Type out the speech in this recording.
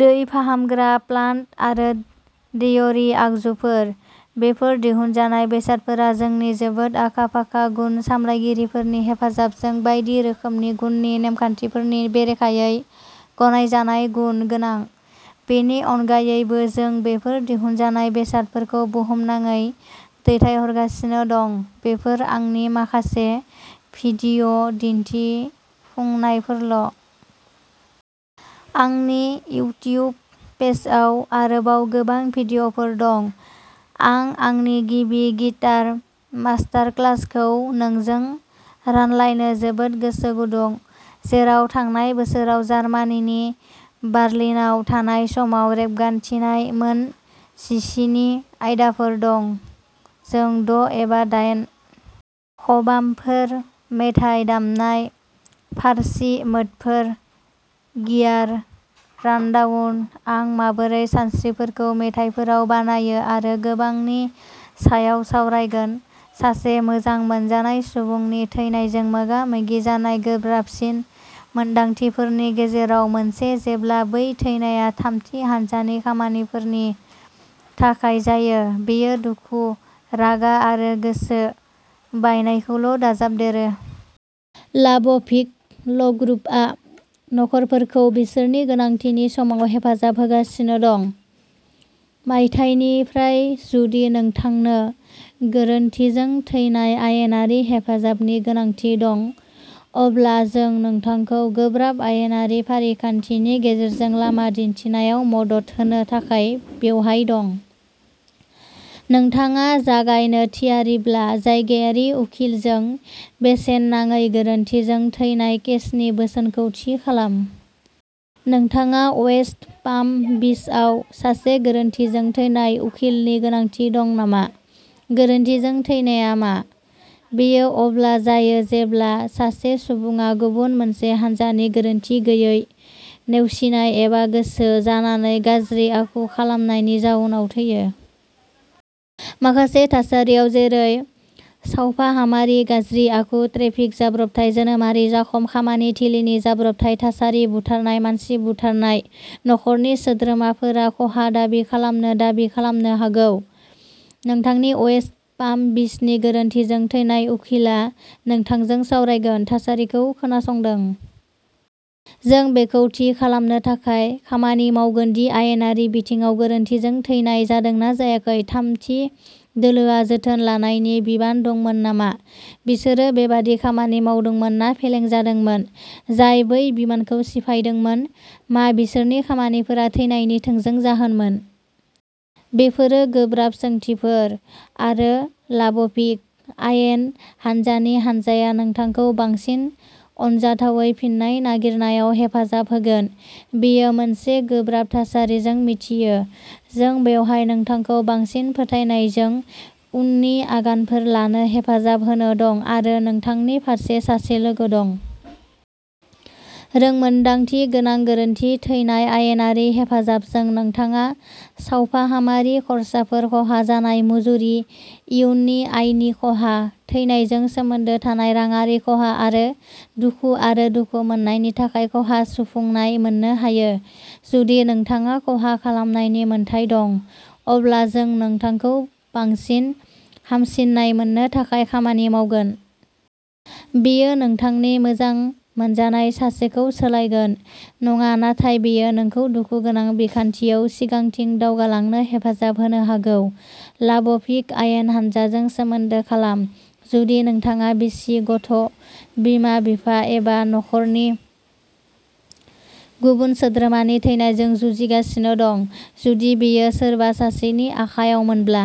दै फाहामग्रा प्लान्ट आरो डेयरी आगजुफोर। बेफोर दिहुनजानाय बेसादफोरा जोंनि जोबोद आखा-फाखा गुन सामलायगिरिफोरनि हेफाजाबजों बायदि रोखोमनि गुननि नेमखान्थिफोरनि बेरेखायै गनायजानाय गुन गोनां। बेनि अनगायैबो, जों बेफोर दिहुनजानाय बेसादफोरखौ बुहुमनाङै दैथायहरगासिनो दं। बेफोर आंनि माखासे भिडिय'दिन्थिफुंनायफोरल'। आंनि इउटिउब पेजआव आरोबाव गोबां भिडिय'फोर दं! आं आंनि गिबि गिटार मास्टारक्लासखौ नोंजों रानलायनो जोबोद गोसो गुदुं, जेराव थांनाय बोसोराव जार्मानिनि बार्लिनाव थानाय समाव रेबगान्थिनाय मोन जिसिनि आयदाफोर दं। जों द' एबा दाइन खबामफोर, मेथाइ दामनाय, फारसी मोडफोर, गियार रानडाउन, आं माबोरै सानस्रिफोरखौ मेथाइफोराव बानायो आरो गोबांनि सायाव सावरायगोन सासे मोजां मोनजानाय सुबुंनि थैनायजों मोगा-मोगि जानाय गोब्राबसिन मोनदांथिफोरनि गेजेराव मोनसे जेब्ला बै थैनाया थामथि हान्जानि खामानिफोरनि थाखाय जायो, बेयो दुखु, रागा आरो गोसो बायनायखौल' दाजाबदेरो। लाब'भिक ल'ग्रुपआ न'खरफोरखौ बिसोरनि गोनांथिनि समाव हेफाजाब होगासिनो दं। मायथाइनिफ्राय जुदि नोंथांनो गोरोन्थिजों थैनाय आयेनारि हेफाजाबनि गोनांथि दं, अब्ला जों नोंथांखौ गोब्राब आयेनारि फारिखान्थिनि गेजेरजों लामा दिन्थिनायाव मदद होनो थाखाय बेवहाय दं। नोंथाङा जागायनो थियारिब्ला, जायगायारि उखिलजों बेसेन नाङै गोरोन्थिजों थैनाय केसनि बोसोनखौ थि खालाम। नोंथाङा वेस्ट पाम बीचआव सासे गोरोन्थिजों थैनाय उखिलनि गोनांथि दं नामा? "गोरोन्थिजों थैनाया" मा? बेयो अब्ला जायो जेब्ला सासे सुबुङा गुबुन मोनसे हान्जानि गोरोनथि गैयै, नेवसिनाय एबा गोसो जानानै गाज्रि आखु खालामनायनि जाउनाव थैयो। माखासे थासारियाव-जेरै सावफाहामारि गाज्रि आखु, ट्रेफिक जाब्रबथाय, जोनोमारि जखम, खामानि थिलिनि जाब्रबथाय थासारि, बुथारनाय मानसि बुथारनाय न; खरनि सोद्रोमाफोरा खहा दाबि खालामनो दाबि खालामनो हागौ। नोंथांनि वेस्ट पाम बीचनि गोरोन्थिजों थैनाय उखिलआ नोंथांजों सावरायगोन, थासारिखौ खोनासंदों। जों बेखौ थि खालामनो थाखाय खामानि मावगोन दि आयेनारि बिथिङाव गोरोन्थिजों थैनाय जादोंना जायाखै थामथि दोलोआ जोथोन लानायनि बिबान दंमोन नामा? बिसोरो बेबादि खामानि मावदोंमोन ना फेलें जादोंमोन जाय बै बिबानखौ सिफायदोंमोन? मा बिसोरनि खामानिफोरा थैनायनि थोंजों जाहोनमोन? बेफोरो गोब्राब सोंथिफोर, आरो लाब'भिक आयेन हान्जानि हान्जाया नोंथांखौ बांसिन अनजाथावै फिन्नाय नागिरनायाव हेफाजाब होगोन। बेयो मोनसे गोब्राब थासारिजों मिथियो। जों बेवहाय नोंथांखौ बांसिन फोथायनायजों उननि आगानफोर लानो हेफाजाब होनो दं आरो नोंथांनि फारसे सासे लोगो दं। रोंमोन्दांथि गोनां गोरोन्थि थैनाय आयेनारि हेफाजाबजों, नोंथाङा सावफाहामारि खर्साफोर खहा जानाय मुजुरि, इयुननि आयनि खहा, थैनायजों सोमोन्दो थानाय रांआरि खहा, आरो दुखु आरो दुखु मोन्नायनि थाखाय खहा सुफुंनाय मोन्नो हायो। जुदि नोंथाङा खहा खालामनायनि मोनथाय दं, अब्ला जों नोंथांखौ बांसिन हामसिननाय मोन्नो थाखाय खामानि मावगोन। बेयो नोंथांनि मोजां मोनजानाय सासेखौ सोलायगोन नङा नाथाय बेयो नोंखौ दुखुगोनां बिखान्थियाव सिगांथिं दावगालांनो हेफाजाब होनो हागौ। लाब'भिक आयेन हान्जाजों सोमोन्दो खालाम जुदि नोंथाङा बिसि, गथ ', बिमा-बिफा एबा नखरनि गुबुन सोद्रोमानि थैनायजों जुजिगासिनो दं। जुदि बेयो सोरबा सासेनि आखाइयावमोनब्ला।